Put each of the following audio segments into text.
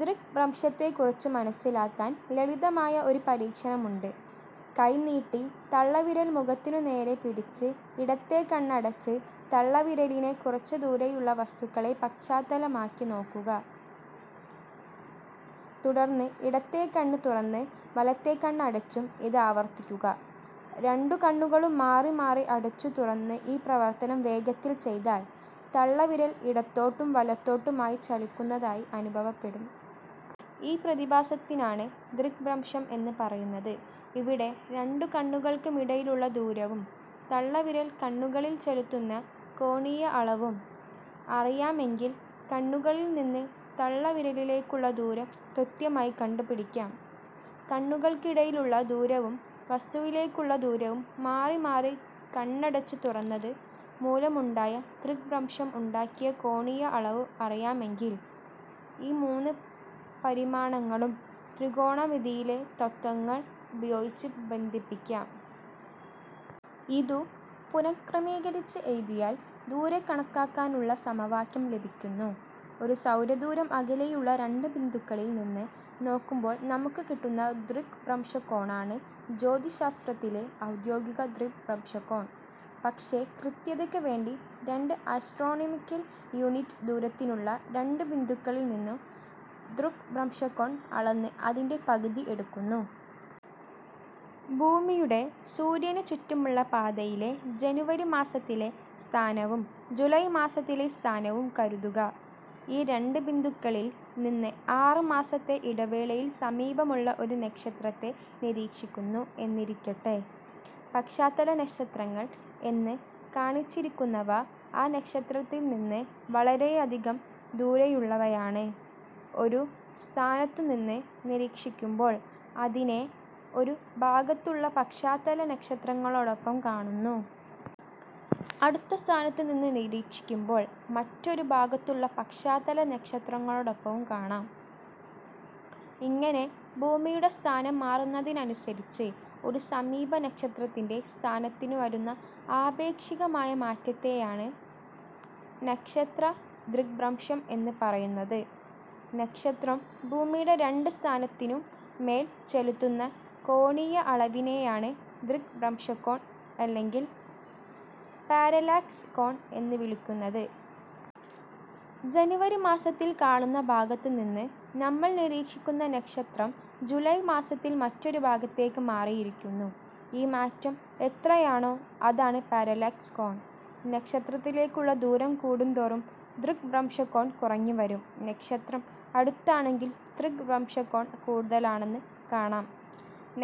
ദൃഗ്ഭ്രംശത്തെക്കുറിച്ച് മനസ്സിലാക്കാൻ ലളിതമായ ഒരു പരീക്ഷണമുണ്ട്. കൈ നീട്ടി തള്ളവിരൽ മുഖത്തിനു നേരെ പിടിച്ച് ഇടത്തേ കണ്ണ് അടച്ച് തള്ളവിരലിനെ കുറച്ചുദൂരെയുള്ള വസ്തുക്കളെ പശ്ചാത്തലമാക്കി നോക്കുക. തുടർന്ന് ഇടത്തേ കണ്ണ് തുറന്ന് വലത്തേ കണ്ണ് അടച്ചും ഇതാവർത്തിക്കുക. രണ്ടു കണ്ണുകളും മാറി മാറി അടച്ചു തുറന്ന് ഈ പ്രവർത്തനം വേഗത്തിൽ ചെയ്താൽ തള്ളവിരൽ ഇടത്തോട്ടും വലത്തോട്ടുമായി ചലിക്കുന്നതായി അനുഭവപ്പെടും. ഈ പ്രതിഭാസത്തിനാണ് ദൃഗ്ഭ്രംശം എന്ന് പറയുന്നത്. ഇവിടെ, രണ്ടു കണ്ണുകൾക്കുമിടയിലുള്ള ദൂരവും തള്ളവിരൽ കണ്ണുകളിൽ ചെലുത്തുന്ന കോണീയ അളവും അറിയാമെങ്കിൽ കണ്ണുകളിൽ നിന്ന് തള്ളവിരലിലേക്കുള്ള ദൂരം കൃത്യമായി കണ്ടുപിടിക്കാം. കണ്ണുകൾക്കിടയിലുള്ള ദൂരവും, വസ്തുവിലേക്കുള്ള ദൂരവും, മാറി മാറി കണ്ണടച്ചു തുറന്നത് മൂലമുണ്ടായ ദൃഗ്ഭ്രംശം ഉണ്ടാക്കിയ കോണീയ അളവും അറിയാമെങ്കിൽ, ഈ മൂന്ന് പരിമാണങ്ങളും ത്രികോണമിതിയിലെ തത്ത്വങ്ങൾ ഉപയോഗിച്ച് ബന്ധിപ്പിക്കാം. ഇതു പുനഃക്രമീകരിച്ച് എഴുതിയാൽ ദൂരെ കണക്കാക്കാനുള്ള സമവാക്യം ലഭിക്കുന്നു. ഒരു സൗരദൂരം അകലെയുള്ള രണ്ട് ബിന്ദുക്കളിൽ നിന്ന് നോക്കുമ്പോൾ നമുക്ക് കിട്ടുന്ന ദൃഗ്ഭ്രംശകോണാണ് ജ്യോതിശാസ്ത്രത്തിലെ ഔദ്യോഗിക ദൃഗ്ഭ്രംശകോൺ. പക്ഷേ കൃത്യതയ്ക്ക് വേണ്ടി രണ്ട് അസ്ട്രോണമിക്കൽ യൂണിറ്റ് ദൂരത്തിലുള്ള രണ്ട് ബിന്ദുക്കളിൽ നിന്ന് ദൃഗ്ഭ്രംശകോൺ അളന്ന് അതിൻ്റെ പകുതി എടുക്കുന്നു. ഭൂമിയുടെ സൂര്യനു ചുറ്റുമുള്ള പാതയിലെ ജനുവരി മാസത്തിലെ സ്ഥാനവും ജൂലൈ മാസത്തിലെ സ്ഥാനവും കരുതുക. ഈ രണ്ട് ബിന്ദുക്കളിൽ നിന്ന് ആറ് മാസത്തെ ഇടവേളയിൽ സമീപമുള്ള ഒരു നക്ഷത്രത്തെ നിരീക്ഷിക്കുന്നു എന്നിരിക്കട്ടെ. പശ്ചാത്തല നക്ഷത്രങ്ങൾ എന്ന് കാണിച്ചിരിക്കുന്നവ ആ നക്ഷത്രത്തിൽ നിന്ന് വളരെയധികം ദൂരെയുള്ളവയാണ്. ഒരു സ്ഥാനത്തുനിന്ന് നിരീക്ഷിക്കുമ്പോൾ അതിനെ ഒരു ഭാഗത്തുള്ള പശ്ചാത്തല നക്ഷത്രങ്ങളോടൊപ്പം കാണുന്നു. അടുത്ത സ്ഥാനത്തുനിന്ന് നിരീക്ഷിക്കുമ്പോൾ മറ്റൊരു ഭാഗത്തുള്ള പശ്ചാത്തല നക്ഷത്രങ്ങളോടൊപ്പവും കാണാം. ഇങ്ങനെ ഭൂമിയുടെ സ്ഥാനം മാറുന്നതിനനുസരിച്ച് ഒരു സമീപ നക്ഷത്രത്തിൻ്റെ സ്ഥാനത്തിനു വരുന്ന ആപേക്ഷികമായ മാറ്റത്തെയാണ് നക്ഷത്ര ദൃഗ്ഭ്രംശം എന്ന് പറയുന്നത്. നക്ഷത്രം ഭൂമിയുടെ രണ്ട് സ്ഥാനത്തിനും മേൽ ചെലുത്തുന്ന കോണീയ അളവിനെയാണ് ദൃഗ്ഭ്രംശകോൺ അല്ലെങ്കിൽ പാരലാക്സ് കോൺ എന്ന് വിളിക്കുന്നത്. ജനുവരി മാസത്തിൽ കാണുന്ന ഭാഗത്തു നിന്ന് നമ്മൾ നിരീക്ഷിക്കുന്ന നക്ഷത്രം ജൂലൈ മാസത്തിൽ മറ്റൊരു ഭാഗത്തേക്ക് മാറിയിരിക്കുന്നു. ഈ മാറ്റം എത്രയാണോ അതാണ് പാരലാക്സ് കോൺ. നക്ഷത്രത്തിലേക്കുള്ള ദൂരം കൂടുംതോറും ദൃഗ്ഭ്രംശകോൺ കുറഞ്ഞുവരും. നക്ഷത്രം അടുത്താണെങ്കിൽ ദൃഗ്ഭ്രംശകോൺ കൂടുതലാണെന്ന് കാണാം.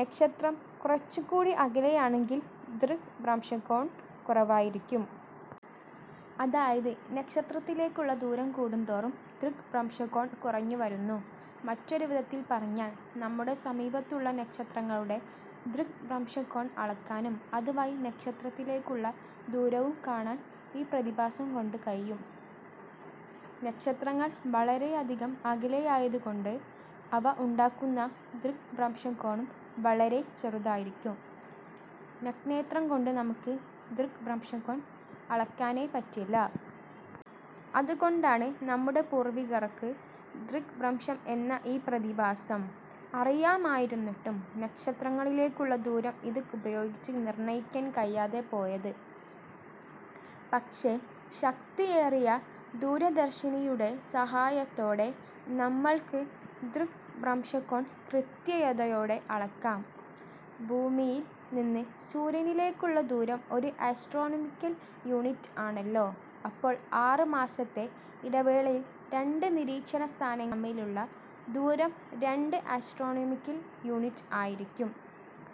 നക്ഷത്രം കുറച്ചുകൂടി അകലെയാണെങ്കിൽ ദൃഗ്ഭ്രംശകോൺ കുറവായിരിക്കും. അതായത് നക്ഷത്രത്തിലേക്കുള്ള ദൂരം കൂടും തോറും ദൃഗ്ഭ്രംശകോൺ കുറഞ്ഞു വരുന്നു. മറ്റൊരു വിധത്തിൽ പറഞ്ഞാൽ നമ്മുടെ സമീപത്തുള്ള നക്ഷത്രങ്ങളുടെ ദൃഗ്ഭ്രംശകോൺ അളക്കാനും അതുവഴി നക്ഷത്രത്തിലേക്കുള്ള ദൂരവും കാണാൻ ഈ പ്രതിഭാസം കൊണ്ട് കഴിയും. നക്ഷത്രങ്ങൾ വളരെയധികം അകലെയായതുകൊണ്ട് അവ ഉണ്ടാക്കുന്ന ദൃഗ്ഭ്രംശകോണും വളരെ ചെറുതായിരിക്കും. നഗ്നനേത്രം കൊണ്ട് നമുക്ക് ദൃഗ്ഭ്രംശകോൺ അളക്കാനേ പറ്റില്ല. അതുകൊണ്ടാണ് നമ്മുടെ പൂർവ്വികർക്ക് ദൃഗ്ഭ്രംശം എന്ന ഈ പ്രതിഭാസം അറിയാമായിരുന്നിട്ടും നക്ഷത്രങ്ങളിലേക്കുള്ള ദൂരം ഇത് ഉപയോഗിച്ച് നിർണ്ണയിക്കാൻ കഴിയാതെ പോയത്. പക്ഷേ ശക്തിയേറിയ ദൂരദർശിനിയുടെ സഹായത്തോടെ നമ്മൾക്ക് ദൃഗ്ഭ്രംശകോൺ കൃത്യതയോടെ അളക്കാം. ഭൂമിയിൽ നിന്ന് സൂര്യനിലേക്കുള്ള ദൂരം ഒരു ആസ്ട്രോണമിക്കൽ യൂണിറ്റ് ആണല്ലോ? അപ്പോൾ ആറ് മാസത്തെ ഇടവേളയിൽ രണ്ട് നിരീക്ഷണ സ്ഥാനങ്ങൾ തമ്മിലുള്ള ദൂരം രണ്ട് ആസ്ട്രോണമിക്കൽ യൂണിറ്റ് ആയിരിക്കും.